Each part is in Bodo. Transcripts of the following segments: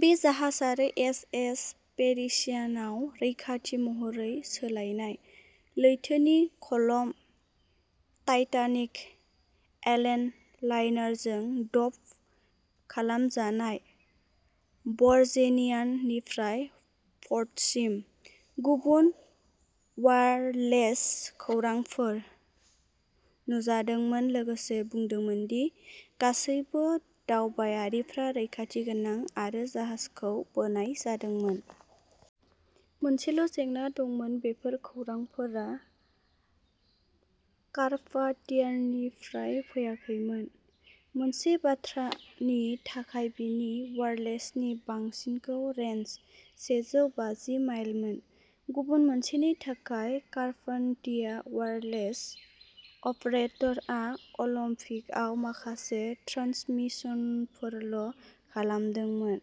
बे जाहाज आरो एस. एस. पेरिसियानआव रैखाथि महरै सोलायनाय। लैथोनि कलम टाइटानिक एलेन लाइनारजों ट'ब खालामजानाय भर्जिनियान निफ्राय पर्टसिम। गुबुन अवाइरलेस खौरांफोर नुजादोंमोन लोगोसे बुंदोंमोन दि गासैबो दावबायारिफ्रा रैखाथि गोनां, आरो जाहाजखौ बोनाय जादोंमोन। मोनसेल'जेंना दंमोन बेफोर खौरांफोरा कार्पाथियानिफ्राय फैयाखैमोन। मोनसे बाथ्रानि थाखाय बिनि अवाइरलेसनि बांसिन रेन्ज सेजौ बाजि माइलमोन। गुबुन मोनसेनि थाखाय, कार्पाथिया अवाइरलेस अपारेटरआ अलिम्पिकआव माखासे ट्रान्समिसनफोरल'खालामदोंमोन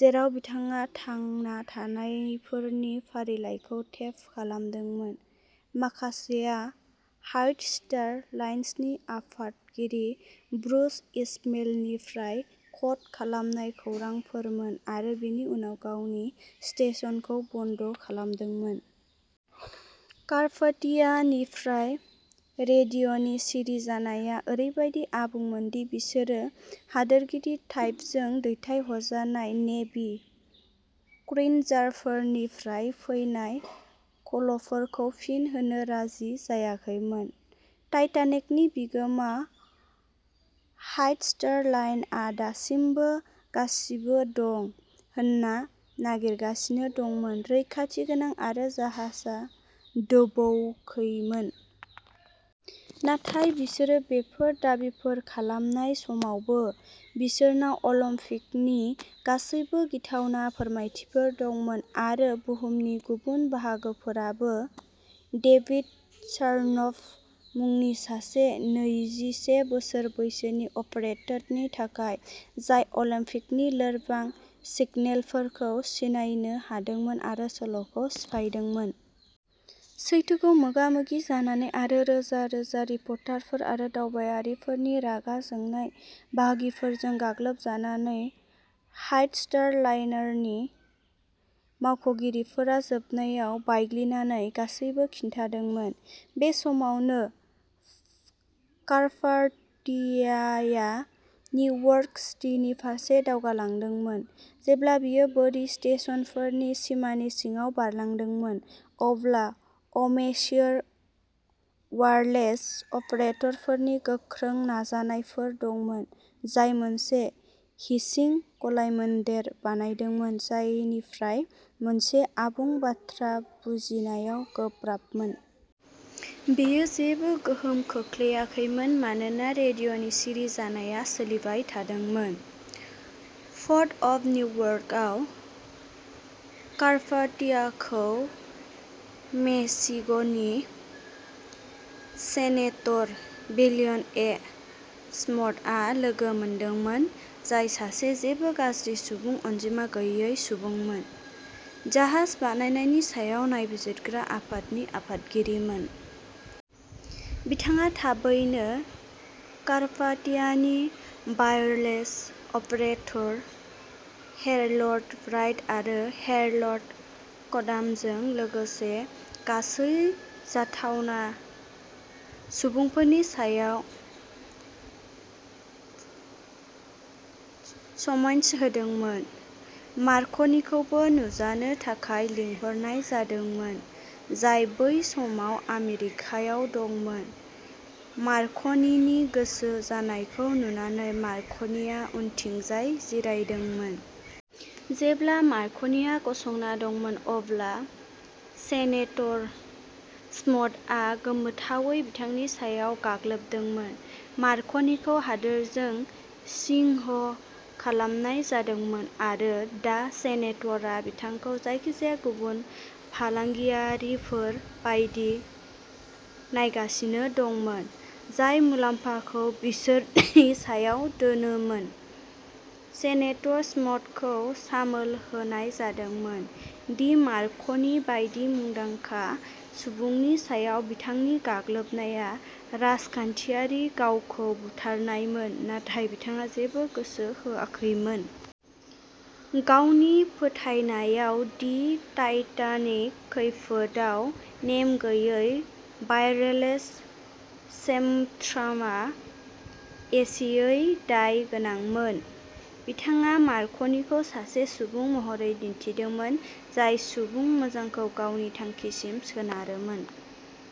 जेराव बिथाङा थांना थानायफोरनि फारिलाइखौ टेप खालामदोंमोन, माखासेआ व्हाइट स्टार लाइन्सनि आफादगिरि ब्रुस इस्मेनिफ्राय क'ड खालामनाय खौरांफोरमोन, आरो बिनि उनाव गावनि स्टेशनखौ बन्द खालामदोंमोन। "कार्पाथिया" निफ्राय रेडिय'नि सिरि जानाया ओरैबादि आबुंमोन दि बिसोरो हादोरगिरि टाफ्टजों दैथायहरजानाय नेभि क्रुइजारफोरनिफ्राय फैनाय कलफोरखौ फिन होनो राजि जायाखैमोन। टाइटानिकनि बिगोमा, व्हाइट स्टार लाइनआ दासिमबो गासिबो दं होनना नारसिनगासिनो दंमोन। रैखाथि गोनां आरो जाहाजआ दोबैाखैमोन। नाथाय बिसोर बेफोर दाबिफोर खालामनाय समावबो, बिसोरनाव अलिम्पिकनि गासैबो गिथावना फोरमायथिफोर दंमोन। आरो बुहुमनि गुबुन बाहागोफोराबो, डेभिड सार्नफ मुंनि सासे नैजिसे बोसोर बैसोनि अपारेटरनि थाखाय, जाय अलिम्पिकनि लोरबां सिगनेलफोरखौ सिनायनो हादोंमोन आरो सल'खौ सिफायदोंमोन। सैथोखौ मोगा-मोगि जानानै आरो रोजा-रोजा रिपर्टारफोर आरो दावबायारिफोरनि रागा जोंनाय बाहागिफोरजों गाग्लोबजानानै, व्हाइट स्टार लाइनारनि मावख'गिरिफोरा जोबनायाव बायग्लिनानै गासिबो खिन्थादोंमोन। बे समावनो, कार्पाथियाआ निउयर्क सिटिनि फारसे दावगालांदोंमोन। जेब्ला बियो बोरि स्टेशनफोरनि सिमानि सिङाव बारलांदोंमोन, अब्ला अमेच्योर अवाइरलेस अपारेटरफोरनि गोख्रों नाजानायफोर दंमोन जाय मोनसे हिसिं गलायमोनदेर बानायदोंमोन जायनिफ्राय मोनसे आबुं बाथ्रा बुजिनायाव गोब्राबमोन। बेयो जेबो गोहोम खोख्लैयाखैमोन मानोना रेडिय'नि सिरि जानाया सोलिबाय थादोंमोन। पर्ट अफ निउयर्कआव, कार्पाथियाखौ मिशिगननि सेनेटर विलियम ए. स्मिथआ लोगो मोनदोंमोन, जाय सासे जेबो गाज्रि सुबुं अनजिमा गैयै सुबुंमोन। जाहाज बायनायनि सायाव नायबिजिरग्रा आफादनि आफादगिरि। बिथाङा थाबैनो कार्पाथियानि वायरलेस अपारेटर हेरल्ड ब्राइड आरो हेरल्ड कटामजों लोगोसे गासै जाथावना सुबुंफोरनि सायाव समन्स होदोंमोन। मार्क'नीखौबो नुजानो थाखाय लिंहरनाय जादोंमोन, जाय बै समाव आमेरिकायाव दंमोन। मार्क'नीनि गोसो जानायखौ नुनानै मार्क'नीआ उनथिंजाय जिरायदोंमोन। जेब्ला मार्क'नीआ गसंना दंमोन अब्ला सेनेटर स्मिथआ गोमोथावै बिथांनि सायाव गाग्लोबदोंमोन। मार्क'नीखौ हादोरजों सिंह खालामनाय जादोंमोन आरो दा सेनेटरआ बिथांखौ जायखिजाया गुबुन फालांगियारिफोर बायदि नायगासिनो दंमोन, जाय मुलाम्फाखौ सुबुंफोरनि सायाव दोनोमोन। सेनेटर स्मिथखौ सामोल होनाय जादोंमोन दि मार्क'नी बायदि मुंदांखा सुबुंनि सायाव बिथांनि गाग्लोबनाया राजखान्थियारि गावखौ बुथारनायमोन, नाथाय बिथाङा जेबो गोसो होआखैमोन। गावनि फोथायनायाव दि टाइटानिक खैफोदआव नेम गैयै वायरलेस स्पेकट्रामआ एसेयै दाय गोनांमोन, बिथाङा मार्क'नीखौ सासे सुबुं महरै दिन्थिदोंमोन, जाय सुबुं मोजांखौ गावनि थांखिसिम सोनारोमोन।